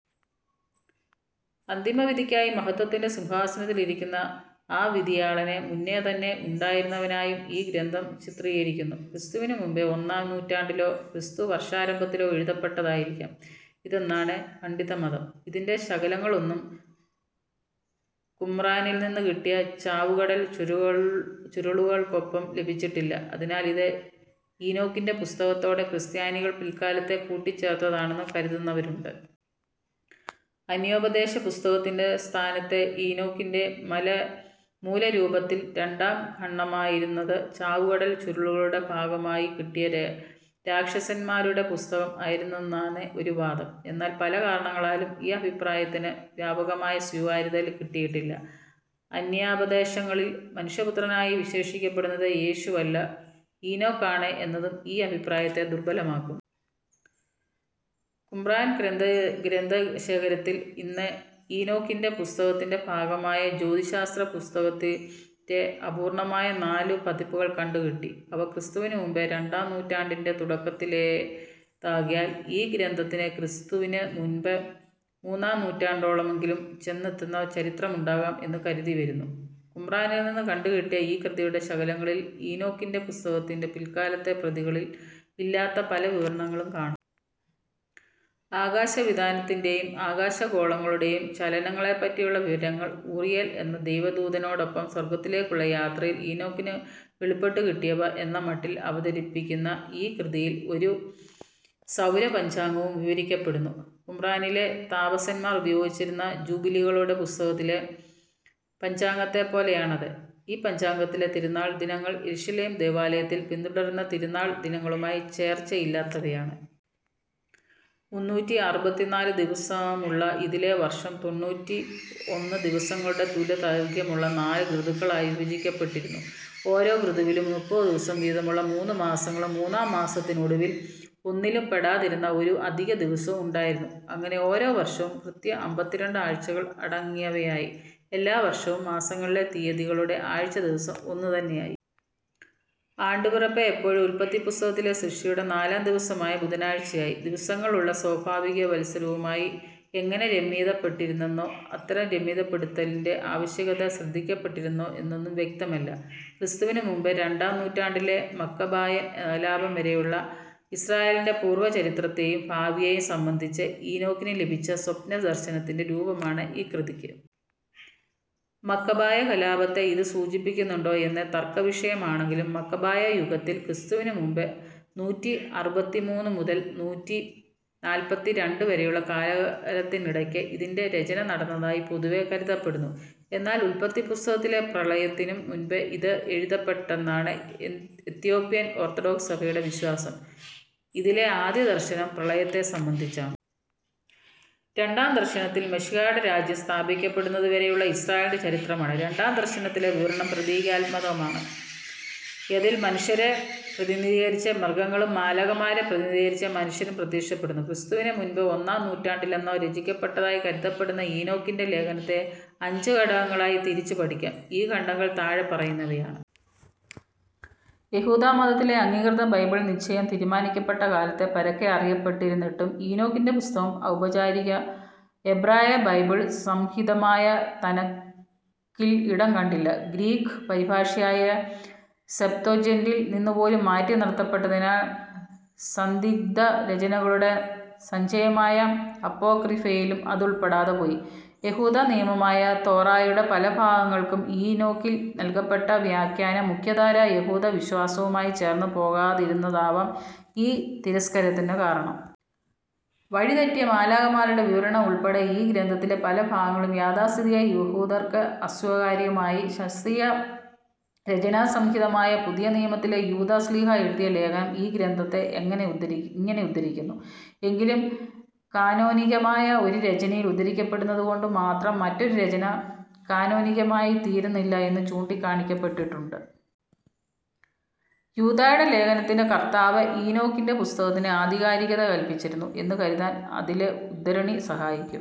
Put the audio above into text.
അന്തിമവിധിക്കായി മഹത്ത്വത്തിന്റെ സിംഹാസനത്തിൽ ഇരിക്കുന്ന ആ വിധിയാളനെ, മുന്നേ തന്നെ ഉണ്ടായിരുന്നവനായും ഈ ഗ്രന്ഥം ചിത്രീകരിക്കുന്നു. ക്രിസ്തുവിനു മുൻപ് ഒന്നാം നൂറ്റാണ്ടിലോ ക്രിസ്തുവർഷാരംഭത്തിലോ എഴുതപ്പെട്ടതായിരിക്കാം ഇതെന്നാണ് പണ്ഡിതമതം. ഇതിന്റെ ശകലങ്ങളൊന്നും കുമ്രാനിൽ നിന്നു കിട്ടിയ ചാവുകടൽ ചുരുളു ചുരുളുകൾക്കൊപ്പം ലഭിച്ചിട്ടില്ല. അതിനാൽ ഇത് ഈനോക്കിന്റെ പുസ്തകത്തോട് ക്രിസ്ത്യാനികൾ പിൽക്കാലത്ത് കൂട്ടിച്ചേർത്തതാണെന്നു കരുതുന്നവരുണ്ട്. അന്യോപദേശ പുസ്തകത്തിന്റെ സ്ഥാനത്ത് ഈനോക്കിന്റെ മല മൂലരൂപത്തിൽ രണ്ടാം ഖണ്ഡമായിരുന്നത് ചാവുകടൽ ചുരുളുകളുടെ ഭാഗമായി കിട്ടിയ രാക്ഷസന്മാരുടെ പുസ്തകം ആയിരുന്നെന്നാണ് ഒരു വാദം. എന്നാൽ പല കാരണങ്ങളാലും, ഈ അഭിപ്രായത്തിനു വ്യാപകമായ സ്വീകാര്യത കിട്ടിയിട്ടില്ല. അന്യാപദേശങ്ങളിൽ മനുഷ്യപുത്രനായി വിശേഷിക്കപ്പെടുന്നത് യേശുവല്ല ഈനോക്കാണ് എന്നതും ഈ അഭിപ്രായത്തെ ദുർബ്ബലമാക്കുന്നു. കുമ്രാൻ ഗ്രന്ഥശേഖരത്തിൽ നിന്ന് ഈനോക്കിന്റെ പുസ്തകത്തിന്റെ ഭാഗമായ ജ്യോതിശാസ്ത്രപുസ്തകത്തിന്റെ അപൂർണ്ണമായ നാലു പതിപ്പുകൾ കണ്ടുകിട്ടി. അവ ക്രിസ്തുവിനു മുൻപ് രണ്ടാം നൂറ്റാണ്ടിന്റെ തുടക്കത്തിലേതാകയാൽ ഈ ഗ്രന്ഥത്തിന് ക്രിസ്തുവിന് മുൻപ് മൂന്നാം നൂറ്റാണ്ടോളമെങ്കിലും ചെന്നെത്തുന്ന ചരിത്രമുണ്ടാകാം എന്നു കരുതിവരുന്നു. കുമ്രാനിൽ നിന്നു കണ്ടുകിട്ടിയ ഈ കൃതിയുടെ ശകലങ്ങളിൽ ഈനോക്കിന്റെ പുസ്തകത്തിന്റെ പിൽക്കാലത്തെ പ്രതികളിൽ ഇല്ലാത്ത പല വിവരങ്ങളും കാണാം. അകാശവിതാനത്തിന്റേയും ആകാശഗോളങ്ങളുടേയും ചലനങ്ങളെപ്പറ്റിയുള്ള വിവരങ്ങൾ, ഊറിയേൽ എന്ന ദൈവദൂതനോടൊപ്പം സ്വർഗ്ഗത്തിലേക്കുള്ള യാത്രയിൽ ഈനോക്കിനു വെളിപ്പെട്ടുകിട്ടിയവ എന്ന മട്ടിൽ അവതരിപ്പിക്കുന്ന ഈ കൃതിയിൽ ഒരു സൗരപഞ്ചാംഗവും വിവരിക്കപ്പെടുന്നു. കുമ്രാനിലെ താപസന്മാർ ഉപയോഗിച്ചിരുന്ന ജൂബിലികളുടെ പുസ്തകത്തിലെ പഞ്ചാംഗത്തെപ്പോലെയാണത്. ഈ പഞ്ചാംഗത്തിലെ തിരുനാൾ ദിനങ്ങൾ യെരുശലേം ദേവാലയത്തിൽ പിന്തുടർന്നിരുന്ന തിരുനാൾ ദിനങ്ങളുമായി ചേർച്ചയില്ലാത്തവയാണ്. മുന്നൂറ്റിഅറുപത്തിനാല് ദിവസമുള്ള ഇതിലെ വർഷം തൊണ്ണൂറ്റിഒന്ന് ദിവസങ്ങളുടെ തുല്യദൈർഘ്യമുള്ള നാലു ഋതുക്കളായി വിഭജിക്കപ്പെട്ടിരുന്നു. ഓരോ ഋതുവിലും മുപ്പത് ദിവസം വീതമുള്ള മൂന്നു മാസങ്ങളും മൂന്നാം മാസത്തിനൊടുവിൽ ഒന്നിലും പെടാതിരുന്ന ഒരു അധികദിവസവും ഉണ്ടായിരുന്നു. അങ്ങനെ ഓരോ വർഷവും കൃത്യം അമ്പത്തിരണ്ട് ആഴ്ചകൾ അടങ്ങിയവയായി. എല്ലാ വർഷവും, മാസങ്ങളിലെ തിയതികളുടെ ആഴ്ചദിവസം ഒന്നു തന്നെയായി. ആണ്ടുപിറപ്പ് എപ്പോഴും ഉല്പത്തിപ്പുസ്തകത്തിലെ സൃഷ്ടിയുടെ നാലാം ദിവസമായ ബുധനാഴ്ചയായി. ദിവസങ്ങളുള്ള സ്വാഭാവികവത്സരവുമായി എങ്ങനെ രമ്യപ്പെടുത്തിയിരുന്നെന്നോ, അത്തരം രമ്യപ്പെടുത്തലിന്റെ ആവകശ്യകത ശ്രദ്ധിക്കപ്പെട്ടിരുന്നോ എന്നൊന്നും വ്യക്തമല്ല. ക്രിസ്തുവിനു മുൻപ് രണ്ടാം നൂറ്റാണ്ടിലെ മക്കബായൻ കലാപം വരെയുള്ള ഇസ്രായേലിന്റെ പൂർവചരിത്രത്തേയും ഭാവിയേയും സംബന്ധിച്ച് ഈനോക്കിനു ലഭിക്കുന്ന സ്വപ്നദർശനത്തിന്റെ രൂപമാണ് ഈ കൃതിയ്ക്ക്. മക്കബായ കലാപത്തെ ഇതു സൂചിപ്പിക്കുന്നുണ്ടോ എന്നത് തർക്കവിഷയമാണെങ്കിലും മക്കബായ യുഗത്തിൽ ക്രിസ്തുവിന് മുൻപ് നൂറ്റിഅറുപത്തിമൂന്ന് മുതൽ നൂറ്റിനാല്പത്തിരണ്ട്‍ വരെയുള്ള കയാത്തിനിടയ്ക്ക് ഇതിന്റെ രചന നടന്നതായി പൊതുവേ കരുതപ്പെടുന്നു. എന്നാൽ ഉല്പത്തിപ്പുസ്തകത്തിലെ പ്രളയത്തിനും മുൻപേ ഇത് എഴുതപ്പെട്ടെന്നാണ് എത്യോപ്യൻ ഓർത്തഡോക്സ് സഭയുടെ വിശ്വാസം. ഇതിലെ ആദ്യദർശനം പ്രളയത്തെ സംബന്ധിച്ചാണ്. രണ്ടാം ദർശനത്തിൽ മിശിഹായുടെ രാജ്യം സ്ഥാപിക്കപ്പെടുന്നതുവരെയുള്ള ഇസ്രായേലിന്റെ ചരിത്രമാണ്. രണ്ടാം ദർശനത്തിലെ വിവരണം പ്രതീകാത്മകമാണ്. അതിൽ മനുഷ്യരെ പ്രതിനിധീകരിച്ച് മൃഗങ്ങളും മാലാഖമാരെ പ്രതിനിധീകരിച്ച് മനുഷ്യരും പ്രത്യക്ഷപ്പെടുന്നു. ക്രിസ്തുവിന് മുൻപ് ഒന്നാം നൂറ്റാണ്ടിലെന്നോ രചിക്കപ്പെട്ടതായി കരുതപ്പെടുന്ന ഈനോക്കിന്റെ ലേഖനത്തെ അഞ്ചു ഖണ്ഡങ്ങളായി തിരിച്ചു പഠിക്കാം. ഈ ഖണ്ഡങ്ങൾ താഴെ പറയുന്നവയാണ്. യഹൂദമതത്തിലെ അംഗീകൃത ബൈബിൾ സഞ്ചയം തീരുമാനിക്കപ്പെട്ട കാലത്ത് പരക്കെ അറിയപ്പെട്ടിരുന്നിട്ടും ഈനോക്കിന്റെ പുസ്തകം ഔപചാരിക എബ്രായ ബൈബിൾ സംഹിതയായ തന ക്കിൽ ഇടം കണ്ടില്ല. ഗ്രീക്ക് പരിഭാഷയായ സെപ്ത്വജിന്റിൽ നിന്നുപോലും മാറ്റിനിർത്തപ്പെട്ടതിനാൽ സന്ദിഗ്ദ്ധരചനകളുടെ സഞ്ചയമായ അപ്പോക്രിഫയിലും അതുൾപ്പെടാതെ പോയി. യഹൂദനിയമമായ തോറായുടെ പല ഭാഗങ്ങൾക്കും ഈനോക്കിൽ നൽകപ്പെട്ട വ്യാഖ്യാനം മുഖ്യധാരാ യഹൂദവിശ്വാസവുമായി ചേർന്നു പോകാതിരുന്നതാവാം ഈ തിരസ്കാരത്തിനു കാരണം. വഴിതെറ്റിയ മാലാഖമാരുടെ വിവരണം ഉൾപ്പെടെ ഈ ഗ്രന്ഥത്തിലെ പല ഭാഗങ്ങളും യാഥാസ്ഥിതിക യഹൂദർക്ക് അസ്വീകാര്യമായി. ശാസിറിയ രചനാസംഹിതയായ പുതിയനിയമത്തിലെ യൂദാ ശ്ലീഹാ എഴുതിയ ലേഖനം ഈ ഗ്രന്ഥത്തെ എങ്ങനെ ഉദ്ധരിക്കുന്നു ഇങ്ങനെ ഉദ്ധരിക്കുന്നു. എങ്കിലും കാനോനികമായ ഒരു രചനയിൽ ഉദ്ധരിക്കപ്പെടുന്നതുകൊണ്ടു മാത്രം മറ്റൊരു രചന കാനോനികമായിത്തീരുന്നില്ല എന്നു ചൂണ്ടിക്കാണിക്കപ്പെട്ടിട്ടുണ്ട്. യൂദായുടെ ലേഖനത്തിന്റെ കർത്താവ് ഈനോക്കിന്റെ പുസ്തകത്തിന് ആധികാരികത കല്പിച്ചിരുന്നു എന്നു കരുതാൻ അതിലെ ഉദ്ധരണി സഹായിക്കും